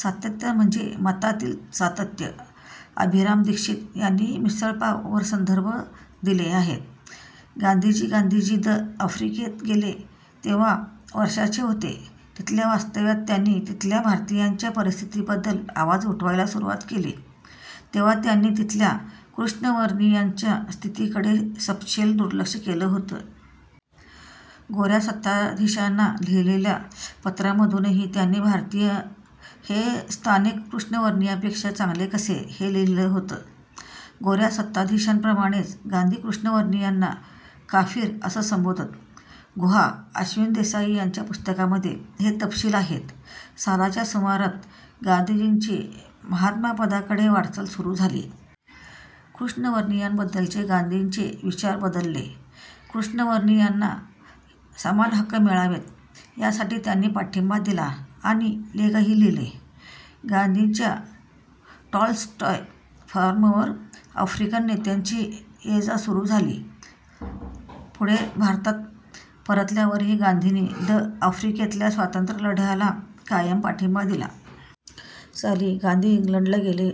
सातत्य म्हणजे मतातील सातत्य. अभिराम दीक्षित यांनी मिसळपाव वर संदर्भ दिले आहेत. " गांधीजीगांधीजी द. अफ्रिकेत गेले तेव्हा वर्षांचे होते. तिथल्या वास्तव्यात त्यांनी तिथल्या भारतीयांच्या परिस्थितीबद्दल आवाज उठवायला सुरुवात केली तेव्हा त्यांनी तिथल्या कृष्णवर्णीयांच्या स्थितीकडे सपशेल दुर्लक्ष केलं होतं. गोर्या सत्ताधीशांना लिहिलेल्या पत्रांमधूनही त्यांनी भारतीय हे स्थानिक कृष्णवर्णीयांपेक्षा चांगले कसे, हे लिहिलं होतं. गोर्या सत्ताधीशांप्रमाणेच गांधी कृष्णवर्णीयांना 'काफिर' असं संबोधत. गुहा, अश्विन देसाई यांच्या पुस्तकांमध्ये हे तपशील आहेत. सालाच्या सुमारास गांधींची महात्मापदाकडे वाटचाल सुरू झाली. कृष्णवर्णीयांबद्दलचे गांधींचे विचार बदलले. कृष्णवर्णीयांना समान हक्क मिळावेत, यासाठी त्यांनी पाठिंबा दिला आणि लेखही लिहिले. गांधींच्या टॉलस्टॉय फार्मवर आफ्रिकन नेत्यांची येजा सुरू झाली. पुढे भारतात परतल्यावरही गांधींनी द. आफ्रिकेतल्या स्वातंत्र्यलढ्याला कायम पाठिंबा दिला. साली गांधी इंग्लंडास गेले,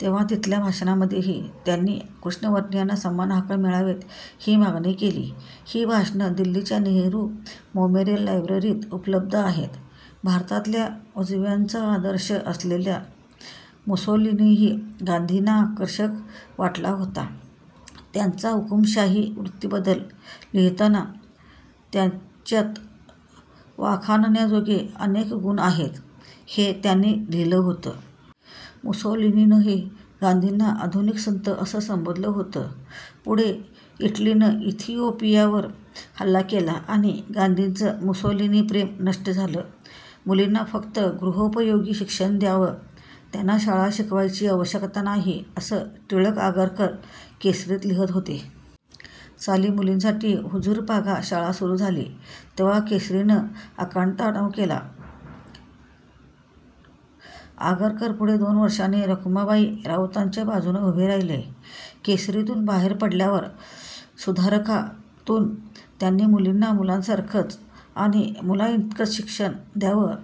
तेव्हा तिथल्या भाषणांमध्येही त्यांनी कृष्णवर्णीयांना समान हक्का मिळावेत, ही मागणी केली. ही भाषणं दिल्लीच्या नेहरू मेमोरियल लायब्ररीत उपलब्ध आहेत. भारतातल्या उजव्यांचा आदर्श असलेला मुसोलिनीही गांधींना आकर्षक वाटला होता. त्याच्या हुकुमशाही वृत्तीबद्दल लिहिताना त्याच्यात वाखाणण्याजोगे अनेक गुण आहेत, हे त्यांनी लिहिलं होतं. मुसोलिनीनंही गांधींना 'आधुनिक संत' असं संबोधलं होतं. पुढे इटलीनं इथिओपियावर हल्ला केला आणि गांधींचं मुसोलिनी-प्रेम नष्ट झालं. मुलींना फक्त गृहोपयोगी शिक्षण द्यावं, त्यांना शाळा शिकवायची आवश्यकता नाही असं टिळक आगरकर 'केसरी'त लिहीत होते. साली मुलींसाठी हुजूरपागा शाळा सुरू झाली तेव्हा 'केसरी'नं आकांडतांडव केला. तेच आगरकर पुढे दोन वर्षांनी रखमाबाई राउतांच्या बाजूनं उभे राहिले. 'केसरी'तून बाहेर पडल्यावर 'सुधारका'तून त्यांनी 'मुलींना मुलांसारखंच आणि मुलांइतकंच शिक्षण द्यावं,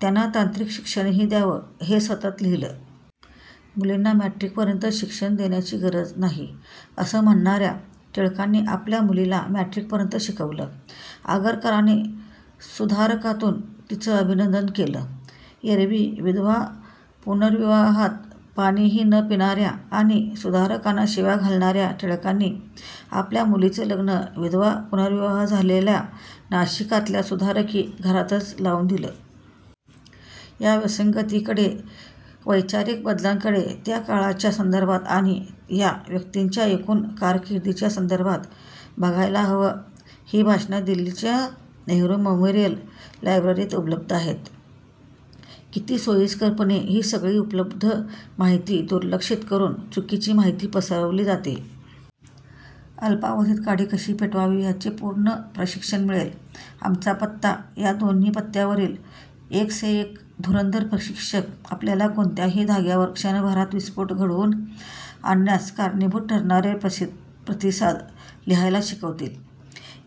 त्यांना तांत्रिक शिक्षणही द्यावं' हे सतत लिहिलं. मुलींना मॅट्रिकपर्यंतचं शिक्षण देण्याची गरज नाही, असं म्हणणार्या टिळकांनी आपल्या मुलीला मॅट्रिकपर्यंत शिकवलं. आगरकरांनी सुधारकातून तिचं अभिनंदन केलं. एरवी विधवा-पुनर्विवाहात पाणीही न पिणार्या आणि सुधारकांना शिव्या घालणार्या टिळकांनी आपल्या मुलीचं लग्न विधवा-पुनर्विवाह झालेल्या नाशकातल्या सुधारकी घरातच लावून दिलं. या विसंगतींकडे, वैचारिक बदलांकडे त्या काळाच्या संदर्भात आणि या व्यक्तींच्या एकूण कारकिर्दीच्या संदर्भात बघायला हवं. ही भाषणं दिल्लीच्या नेहरू मेमोरियल लायब्ररीत उपलब्ध आहेत >> किती सोयीस्करपणे ही सगळी ऊपलब्ध माहिती दुर्लक्षित करून चुकीची माहिती पसरवली जाते. अल्पावधीत काडी कशी पेटवावी ह्याचे पूर्ण प्रशिक्षण मिळेलःआमचा पत्ता: ्या दोन्ही पत्त्यांवरील एक से एक धुरंधर प्रशिक्षक आपल्याला कोणत्याही धाग्यावर क्षणभरात विस्फोट घडवून आणण्यास कारणीभूत ठरणारे प्रतिसाद लिहायला शिकवतील.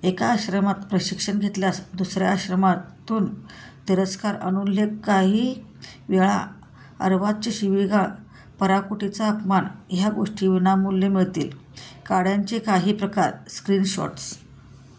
एका आश्रमात प्रशिक्षण घेतल्यास दुसर्या आश्रमातून तिरस्कार, अनुल्लेख, काही वेळा अर्वाच्य शिवीगाळ, पराकोटीचा अपमान ह्या गोष्टी विनामूल्य मिळतील. काड्यांचे काही प्रकारः स्क्रीन शॉट्स